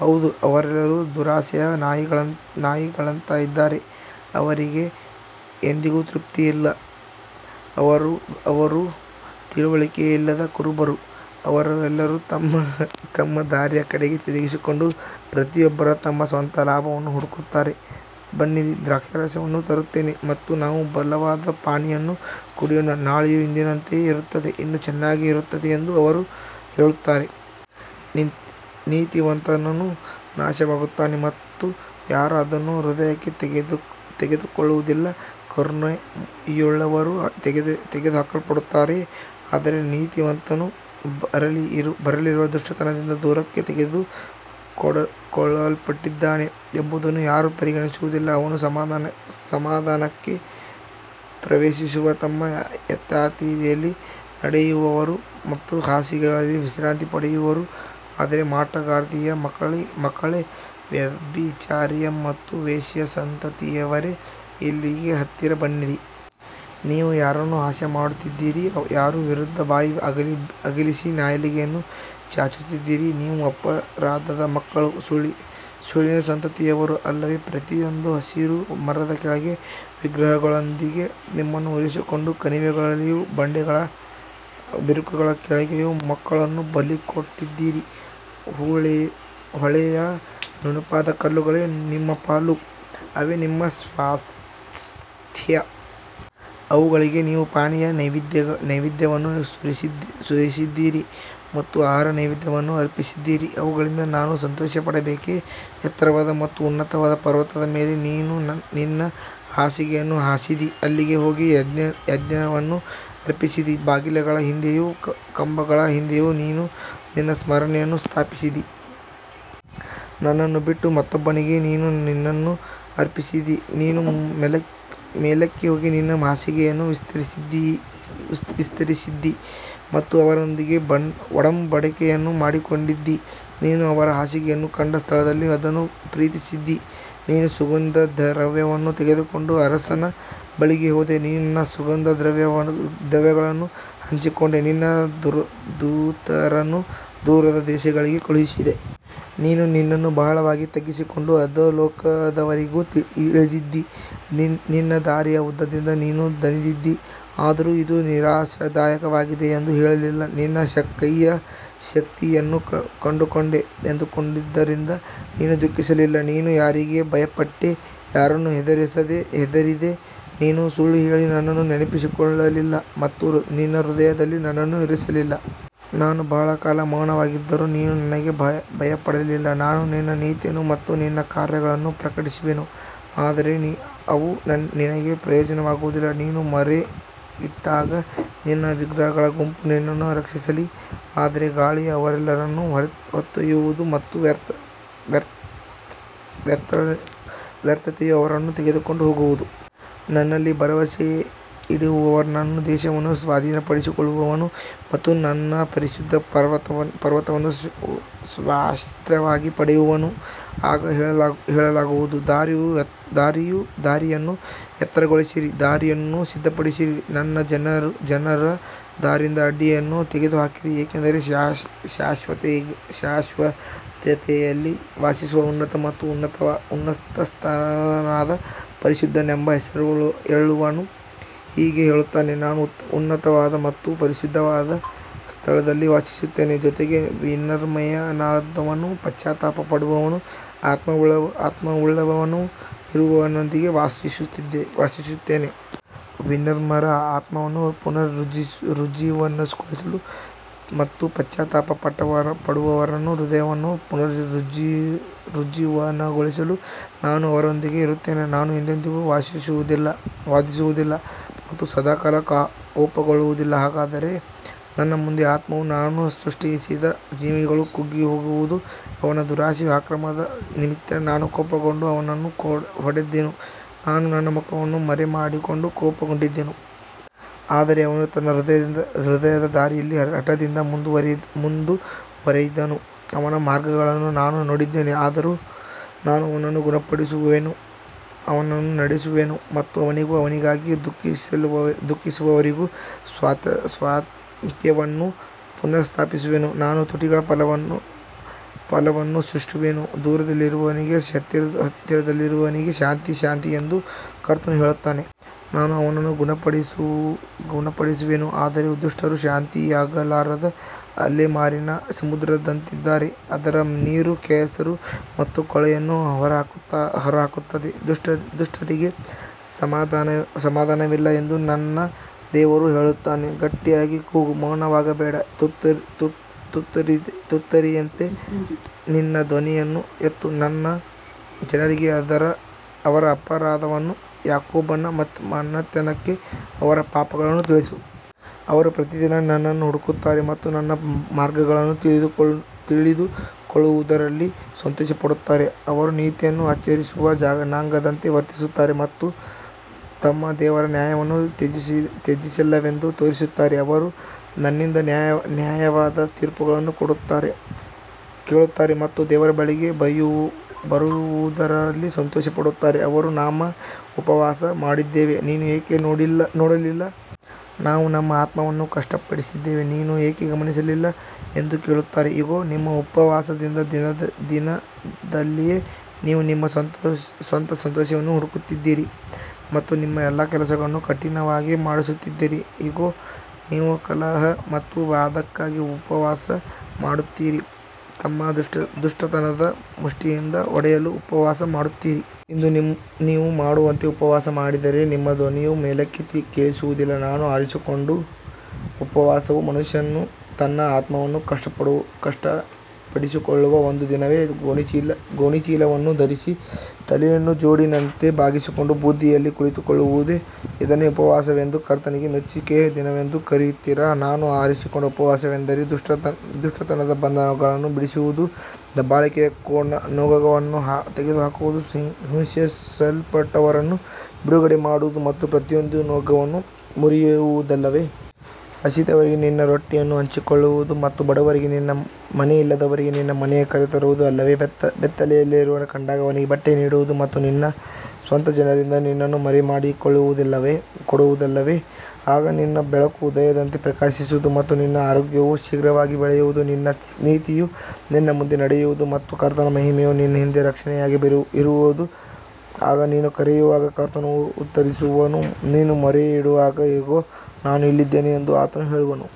ಹೌದು, ಅವರೆಲ್ಲರೂ ದುರಾಸೆಯ ನಾಯಿಗಳಂತಿದ್ದಾರೆ, ಅವರಿಗೆ ಎಂದಿಗೂ ತೃಪ್ತಿಯಿಲ್ಲ. ಅವರು ತಿಳುವಳಿಕೆಯಿಲ್ಲದ ಕುರುಬರು. ಅವರೆಲ್ಲರೂ ತಮ್ಮ ತಮ್ಮ ದಾರಿಯ ಕಡೆಗೆ ತಿರುಗಿಕೊಂಡು, ಪ್ರತಿಯೊಬ್ಬರೂ ತಮ್ಮ ಸ್ವಂತ ಲಾಭವನ್ನು ಹುಡುಕುತ್ತಾರೆ. ಬನ್ನಿರಿ, ದ್ರಾಕ್ಷಾರಸವನ್ನು ತರುತ್ತೇನೆ ಮತ್ತು ನಾವು ಬಲವಾದ ಪಾನೀಯವನ್ನು ಕುಡಿಯೋಣ. ನಾಳೆಯೂ ಇಂದಿನಂತೆಯೇ ಇರುತ್ತದೆ, ಇನ್ನೂ ಹೆಚ್ಚಾಗಿ ಇರುತ್ತದೆ ಎಂದು ಅವರು ಹೇಳುತ್ತಾರೆ. ನೀತಿವಂತನು ನಾಶವಾಗುತ್ತಾನೆ ಮತ್ತು ಯಾರೂ ಅದನ್ನು ಹೃದಯಕ್ಕೆ ತೆಗೆದುಕೊಳ್ಳುವುದಿಲ್ಲ. ಕರುಣೆಯುಳ್ಳವರು ತೆಗೆದುಹಾಕಲ್ಪಡುತ್ತಾರೆ, ಆದರೆ ನೀತಿವಂತನು ಬರಲಿರುವ ದುಷ್ಟತನದಿಂದ ದೂರಕ್ಕೆ ತೆಗೆದುಕೊಳ್ಳಲ್ಪಟ್ಟಿದ್ದಾನೆ ಎಂಬುದನ್ನು ಯಾರೂ ಪರಿಗಣಿಸುವುದಿಲ್ಲ. ಅವನು ಸಮಾಧಾನಕ್ಕೆ ಪ್ರವೇಶಿಸುವನು. ತಮ್ಮ ಯಥಾರ್ಥತೆಯಲ್ಲಿ ನಡೆಯುವವರು ತಮ್ಮ ಹಾಸಿಗೆಗಳಲ್ಲಿ ವಿಶ್ರಾಂತಿ ಪಡೆಯುವರು. ಆದರೆ ಮಾಟಗಾರ್ತಿಯ ಮಕ್ಕಳೇ, ವ್ಯಭಿಚಾರಿಯ ಮತ್ತು ವೇಶ್ಯೆಯ ಸಂತತಿಯವರೇ, ಇಲ್ಲಿಗೆ ಹತ್ತಿರ ಬನ್ನಿರಿ. ನೀವು ಯಾರನ್ನು ಹಾಸ್ಯಮಾಡುತ್ತಿದ್ದೀರಿ? ಯಾರ ವಿರುದ್ಧ ಬಾಯಿ ಅಗಲಿಸಿ ನಾಲಿಗೆಯನ್ನು ಚಾಚುತ್ತಿದ್ದೀರಿ? ನೀವು ಅಪರಾಧದ ಮಕ್ಕಳೂ ಸುಳ್ಳಿನ ಸಂತತಿಯವರೂ ಅಲ್ಲವೇ? ಪ್ರತಿಯೊಂದು ಹಸಿರು ಮರದ ಕೆಳಗೆ ವಿಗ್ರಹಗಳೊಂದಿಗೆ ನಿಮ್ಮನ್ನು ಉರಿಸಿಕೊಂಡು, ಕಣಿವೆಗಳಲ್ಲಿಯೂ ಬಂಡೆಗಳ ಬಿರುಕುಗಳ ಕೆಳಗೆಯೂ ಮಕ್ಕಳನ್ನು ಬಲಿಕೊಟ್ಟಿದ್ದೀರಿ. ಹೊಳೆಯ ನುಣುಪಾದ ಕಲ್ಲುಗಳೇ ನಿಮ್ಮ ಪಾಲು; ಅವೇ ನಿಮ್ಮ ಸ್ವಾಸ್ತ್ಯ. ಅವುಗಳಿಗೆ ನೀವು ಪಾನೀಯ ನೈವೇದ್ಯವನ್ನು ಸುರಿಸಿದ್ದೀರಿ ಮತ್ತು ಆಹಾರ ನೈವೇದ್ಯವನ್ನು ಅರ್ಪಿಸಿದ್ದೀರಿ. ಇವುಗಳಿಂದ ನಾನು ಸಂತೋಷಪಡಬೇಕೇ? ಎತ್ತರವಾದ ಮತ್ತು ಉನ್ನತವಾದ ಪರ್ವತದ ಮೇಲೆ ನೀನು ನಿನ್ನ ಹಾಸಿಗೆಯನ್ನು ಹಾಸಿದ್ದೀ. ಅಲ್ಲಿಗೆ ಹೋಗಿ ಯಜ್ಞವನ್ನು ಅರ್ಪಿಸಿದ್ದೀ. ಬಾಗಿಲುಗಳ ಹಿಂದೆಯೂ ಕಂಬಗಳ ಹಿಂದೆಯೂ ನೀನು ನಿನ್ನ ಸ್ಮರಣೆಯನ್ನು ಸ್ಥಾಪಿಸಿದ್ದೀ. ನನ್ನನ್ನು ಬಿಟ್ಟು ಮತ್ತೊಬ್ಬನಿಗೆ ನೀನು ನಿನ್ನನ್ನು ಅರ್ಪಿಸಿದ್ದೀ. ನೀನು ಮೇಲಕ್ಕೆ ಹೋಗಿ ನಿನ್ನ ಹಾಸಿಗೆಯನ್ನು ವಿಸ್ತರಿಸಿದ್ದೀ ಮತ್ತು ಅವರೊಂದಿಗೆ ಒಡಂಬಡಿಕೆಯನ್ನು ಮಾಡಿಕೊಂಡಿದ್ದೀ. ನೀನು ಅವರ ಹಾಸಿಗೆಯನ್ನು ಕಂಡ ಸ್ಥಳದಲ್ಲಿ ಅದನ್ನು ಪ್ರೀತಿಸಿದ್ದೀ. ನೀನು ಸುಗಂಧದ್ರವ್ಯವನ್ನು ತೆಗೆದುಕೊಂಡು ಅರಸನ ಬಳಿಗೆ ಹೋದೆ. ನಿನ್ನ ಸುಗಂಧದ್ರವ್ಯಗಳನ್ನು ಹೆಚ್ಚಿಸಿಕೊಂಡೆ. ನಿನ್ನ ದೂತರನ್ನು ದೂರದ ದೇಶಗಳಿಗೆ ಕಳುಹಿಸಿದೆ. ನೀನು ನಿನ್ನನ್ನು ಬಹಳವಾಗಿ ತಗ್ಗಿಸಿಕೊಂಡು ಅಧೋಲೋಕದವರೆಗೂ ಇಳಿದಿದ್ದೀ. ನಿನ್ನ ದಾರಿಯ ಉದ್ದದಿಂದ ನೀನು ದಣಿದಿದ್ದೀ, ಆದರೂ ಇದು ನಿರಾಶಾದಾಯಕವಾಗಿದೆ ಎಂದು ಹೇಳಲಿಲ್ಲ. ನಿನ್ನ ಕೈಯ ಶಕ್ತಿಯನ್ನು ಕಂಡುಕೊಂಡೆ ಎಂದುಕೊಂಡದ್ದರಿಂದ ನೀನು ದುಃಖಿಸಲಿಲ್ಲ. ನೀನು ಯಾರಿಗೆ ಭಯಪಟ್ಟೆ? ಯಾರನ್ನು ಹೆದರಿದೆ? ನೀನು ಸುಳ್ಳು ಹೇಳಿ ನನ್ನನ್ನು ನೆನಪಿಸಿಕೊಳ್ಳಲಿಲ್ಲ ಮತ್ತು ನಿನ್ನ ಹೃದಯದಲ್ಲಿ ನನ್ನನ್ನು ಇರಿಸಲಿಲ್ಲ. ನಾನು ಬಹಳ ಕಾಲ ಮೌನವಾಗಿದ್ದರೂ ನೀನು ನನಗೆ ಭಯಪಡಲಿಲ್ಲ. ನಾನು ನಿನ್ನ ನೀತಿಯನ್ನು ಮತ್ತು ನಿನ್ನ ಕಾರ್ಯಗಳನ್ನು ಪ್ರಕಟಿಸುವೆನು, ಆದರೆ ಅವು ನಿನಗೆ ಪ್ರಯೋಜನವಾಗುವುದಿಲ್ಲ. ನೀನು ಮೊರೆಯಿಟ್ಟಾಗ ನಿನ್ನ ವಿಗ್ರಹಗಳ ಗುಂಪು ನಿನ್ನನ್ನು ರಕ್ಷಿಸಲಿ. ಆದರೆ ಗಾಳಿಯು ಅವರೆಲ್ಲರನ್ನು ಹೊತ್ತೊಯ್ಯುವುದು ಮತ್ತು ವ್ಯರ್ಥತೆಯು ಅವರನ್ನು ತೆಗೆದುಕೊಂಡು ಹೋಗುವುದು. ನನ್ನಲ್ಲಿ ಭರವಸೆಯಿಡುವವನು ದೇಶವನ್ನು ಸ್ವಾಧೀನಪಡಿಸಿಕೊಳ್ಳುವನು ಮತ್ತು ನನ್ನ ಪರಿಶುದ್ಧ ಪರ್ವತವನ್ನು ಸ್ವಾಸ್ತ್ಯವಾಗಿ ಪಡೆಯುವನು. ಆಗ ಹೇಳಲಾಗುವುದು: ದಾರಿಯನ್ನು ಎತ್ತರಗೊಳಿಸಿರಿ, ದಾರಿಯನ್ನು ಸಿದ್ಧಪಡಿಸಿರಿ, ನನ್ನ ಜನರ ದಾರಿಯಿಂದ ಅಡ್ಡಿಯನ್ನು ತೆಗೆದುಹಾಕಿರಿ. ಏಕೆಂದರೆ ಶಾಶ್ವತತೆಯಲ್ಲಿ ವಾಸಿಸುವ ಉನ್ನತ ಮತ್ತು ಉನ್ನತಸ್ಥನಾದ, ಪರಿಶುದ್ಧನೆಂಬ ಹೆಸರುಳ್ಳವನು ಹೀಗೆ ಹೇಳುತ್ತಾನೆ: ನಾನು ಉನ್ನತವಾದ ಮತ್ತು ಪರಿಶುದ್ಧವಾದ ಸ್ಥಳದಲ್ಲಿ ವಾಸಿಸುತ್ತೇನೆ; ಜೊತೆಗೆ ವಿನಮ್ರನಾದವನೂ ಪಶ್ಚಾತ್ತಾಪಪಡುವ ಆತ್ಮವುಳ್ಳವನೂ ಇರುವವನೊಂದಿಗೆ ವಾಸಿಸುತ್ತೇನೆ. ವಿನಮ್ರರ ಆತ್ಮವನ್ನು ಪುನರುಜ್ಜೀವನಗೊಳಿಸಲು ಮತ್ತು ಪಶ್ಚಾತ್ತಾಪಪಡುವವರ ಹೃದಯವನ್ನು ಪುನರುಜ್ಜೀವನಗೊಳಿಸಲು ನಾನು ಅವರೊಂದಿಗೆ ಇರುತ್ತೇನೆ. ನಾನು ಎಂದೆಂದಿಗೂ ವಾದಿಸುವುದಿಲ್ಲ ಮತ್ತು ಸದಾಕಾಲ ಕೋಪಗೊಳ್ಳುವುದಿಲ್ಲ. ಹಾಗಾದರೆ ನನ್ನ ಮುಂದೆ ಆತ್ಮವೂ ನಾನು ಸೃಷ್ಟಿಸಿದ ಜೀವಿಗಳೂ ಕುಗ್ಗಿಹೋಗುವವು. ಅವನ ದುರಾಸೆಯ ಅಕ್ರಮದ ನಿಮಿತ್ತ ನಾನು ಕೋಪಗೊಂಡು ಅವನನ್ನು ಹೊಡೆದೆನು. ನಾನು ನನ್ನ ಮುಖವನ್ನು ಮರೆಮಾಡಿಕೊಂಡು ಕೋಪಗೊಂಡಿದ್ದೆನು. ಆದರೆ ಅವನು ತನ್ನ ಹೃದಯದ ದಾರಿಯಲ್ಲಿ ಹಠದಿಂದ ಮುಂದುವರಿದನು. ಅವನ ಮಾರ್ಗಗಳನ್ನು ನಾನು ನೋಡಿದ್ದೇನೆ. ಆದರೂ ನಾನು ಅವನನ್ನು ಗುಣಪಡಿಸುವೆನು. ಅವನನ್ನು ನಡೆಸುವೆನು ಮತ್ತು ಅವನಿಗೂ ಅವನಿಗಾಗಿ ದುಃಖಿಸುವವರಿಗೂ ಸಾಂತ್ವನವನ್ನು ಪುನಃಸ್ಥಾಪಿಸುವೆನು. ನಾನು ತುಟಿಗಳ ಫಲವನ್ನು ಸೃಷ್ಟಿಸುವೆನು. ದೂರದಲ್ಲಿರುವವನಿಗೂ ಹತ್ತಿರದಲ್ಲಿರುವವನಿಗೂ ಶಾಂತಿ, ಶಾಂತಿ ಎಂದು ಕರ್ತನು ಹೇಳುತ್ತಾನೆ. ನಾನು ಅವನನ್ನು ಗುಣಪಡಿಸುವೆನು. ಆದರೆ ದುಷ್ಟರು ಶಾಂತಿಯಾಗಲಾರದ ಅಲೆಮಾಲಿನ ಸಮುದ್ರದಂತಿದ್ದಾರೆ. ಅದರ ನೀರು ಕೆಸರು ಮತ್ತು ಕೊಳೆಯನ್ನು ಹೊರಹಾಕುತ್ತದೆ. ದುಷ್ಟರಿಗೆ ಸಮಾಧಾನವಿಲ್ಲ ಎಂದು ನನ್ನ ದೇವರು ಹೇಳುತ್ತಾನೆ. ಗಟ್ಟಿಯಾಗಿ ಕೂಗು, ಮೌನವಾಗಬೇಡ. ತುತ್ತೂರಿಯಂತೆ ನಿನ್ನ ಧ್ವನಿಯನ್ನು ಎತ್ತು. ನನ್ನ ಜನರಿಗೆ ಅವರ ಅಪರಾಧವನ್ನೂ ಯಾಕೋಬನ ಮನೆತನಕ್ಕೆ ಅವರ ಪಾಪಗಳನ್ನೂ ತಿಳಿಸು. ಅವರು ಪ್ರತಿದಿನ ನನ್ನನ್ನು ಹುಡುಕುತ್ತಾರೆ ಮತ್ತು ನನ್ನ ಮಾರ್ಗಗಳನ್ನು ತಿಳಿದುಕೊಳ್ಳುವುದರಲ್ಲಿ ಸಂತೋಷಪಡುತ್ತಾರೆ. ಅವರು ನೀತಿಯನ್ನು ಆಚರಿಸುವ ಜನಾಂಗದಂತೆ ವರ್ತಿಸುತ್ತಾರೆ ಮತ್ತು ತಮ್ಮ ದೇವರ ನ್ಯಾಯವನ್ನು ತ್ಯಜಿಸಿಲ್ಲವೆಂದು ತೋರಿಸುತ್ತಾರೆ. ಅವರು ನನ್ನಿಂದ ನ್ಯಾಯವಾದ ತೀರ್ಪುಗಳನ್ನು ಕೇಳುತ್ತಾರೆ ಮತ್ತು ದೇವರ ಬಳಿಗೆ ಬರುವುದರಲ್ಲಿ ಸಂತೋಷಪಡುತ್ತಾರೆ. ಅವರು, ನಾವು ಉಪವಾಸ ಮಾಡಿದ್ದೇವೆ, ನೀನು ಏಕೆ ನೋಡಲಿಲ್ಲ? ನಾವು ನಮ್ಮ ಆತ್ಮವನ್ನು ಕಷ್ಟಪಡಿಸಿದ್ದೇವೆ, ನೀನು ಏಕೆ ಗಮನಿಸಲಿಲ್ಲ? ಎಂದು ಕೇಳುತ್ತಾರೆ. ಇಗೋ, ನಿಮ್ಮ ಉಪವಾಸದ ದಿನದಲ್ಲಿಯೇ ನೀವು ನಿಮ್ಮ ಸ್ವಂತ ಸಂತೋಷವನ್ನು ಹುಡುಕುತ್ತೀರಿ ಮತ್ತು ನಿಮ್ಮ ಎಲ್ಲಾ ಕೆಲಸಗಳನ್ನು ಕಠಿಣವಾಗಿ ಮಾಡಿಸುತ್ತೀರಿ. ಇಗೋ, ನೀವು ಕಲಹ ಮತ್ತು ವಾದಕ್ಕಾಗಿ ಉಪವಾಸ ಮಾಡುತ್ತೀರಿ ಮತ್ತು ದುಷ್ಟತನದ ಮುಷ್ಟಿಯಿಂದ ಹೊಡೆಯಲು ಉಪವಾಸ ಮಾಡುತ್ತೀರಿ. ಇಂದು ನೀವು ಮಾಡುವಂತೆ ಉಪವಾಸ ಮಾಡಿದರೆ ನಿಮ್ಮ ಧ್ವನಿಯು ಮೇಲಕ್ಕೆ ಕೇಳಿಸುವುದಿಲ್ಲ. ನಾನು ಆರಿಸಿಕೊಂಡ ಉಪವಾಸವು ಮನುಷ್ಯನು ತನ್ನ ಆತ್ಮವನ್ನು ಕಷ್ಟಪಡಿಸಿಕೊಳ್ಳುವ ಒಂದು ದಿನವೇ? ಗೋಣಿಚೀಲವನ್ನು ಧರಿಸಿ ತಲೆಯನ್ನು ಜೊಂಡಿನಂತೆ ಬಾಗಿಸಿಕೊಂಡು ಬೂದಿಯಲ್ಲಿ ಕುಳಿತುಕೊಳ್ಳುವುದೇ? ಇದನ್ನೇ ಉಪವಾಸವೆಂದೂ ಕರ್ತನಿಗೆ ಮೆಚ್ಚಿಕೆಯ ದಿನವೆಂದೂ ಕರೆಯುವಿರಾ? ನಾನು ಆರಿಸಿಕೊಂಡ ಉಪವಾಸವೆಂದರೆ ದುಷ್ಟತನದ ಬಂಧನಗಳನ್ನು ಬಿಡಿಸುವುದು, ದಬ್ಬಾಳಿಕೆಯ ನೊಗವನ್ನು ತೆಗೆದುಹಾಕುವುದು, ಹಿಂಸಿಸಲ್ಪಟ್ಟವರನ್ನು ಬಿಡುಗಡೆ ಮಾಡುವುದು ಮತ್ತು ಪ್ರತಿಯೊಂದು ನೊಗವನ್ನು ಮುರಿಯುವುದಲ್ಲವೇ? ಹಸಿದವರಿಗೆ ನಿನ್ನ ರೊಟ್ಟಿಯನ್ನು ಹಂಚಿಕೊಳ್ಳುವುದು ಮತ್ತು ಬಡವರನ್ನೂ ಮನೆ ಇಲ್ಲದವರನ್ನೂ ನಿನ್ನ ಮನೆಗೆ ಕರೆತರುವುದು ಅಲ್ಲವೇ? ಬೆತ್ತಲೆಯವನನ್ನು ಕಂಡಾಗ ಅವನಿಗೆ ಬಟ್ಟೆ ನೀಡುವುದು ಮತ್ತು ನಿನ್ನ ಸ್ವಂತ ಜನರಿಂದ ನಿನ್ನನ್ನು ಮರೆಮಾಡಿಕೊಳ್ಳದಿರುವುದಲ್ಲವೇ? ಆಗ ನಿನ್ನ ಬೆಳಕು ಉದಯದಂತೆ ಪ್ರಕಾಶಿಸುವುದು ಮತ್ತು ನಿನ್ನ ಆರೋಗ್ಯವು ಶೀಘ್ರವಾಗಿ ಬೆಳೆಯುವುದು. ನಿನ್ನ ನೀತಿಯು ನಿನ್ನ ಮುಂದೆ ನಡೆಯುವುದು ಮತ್ತು ಕರ್ತನ ಮಹಿಮೆಯು ನಿನ್ನ ಹಿಂದೆ ರಕ್ಷಣೆಯಾಗಿ ಇರುವದು. ಆಗ ನೀನು ಕರೆಯುವಾಗ ಕರ್ತನು ಉತ್ತರಿಸುವನು. ನೀನು ಮೊರೆಯಿಡುವಾಗ, ಇಗೋ, ನಾನು ಇಲ್ಲಿದ್ದೇನೆ ಎಂದು ಆತನು ಹೇಳುವನು.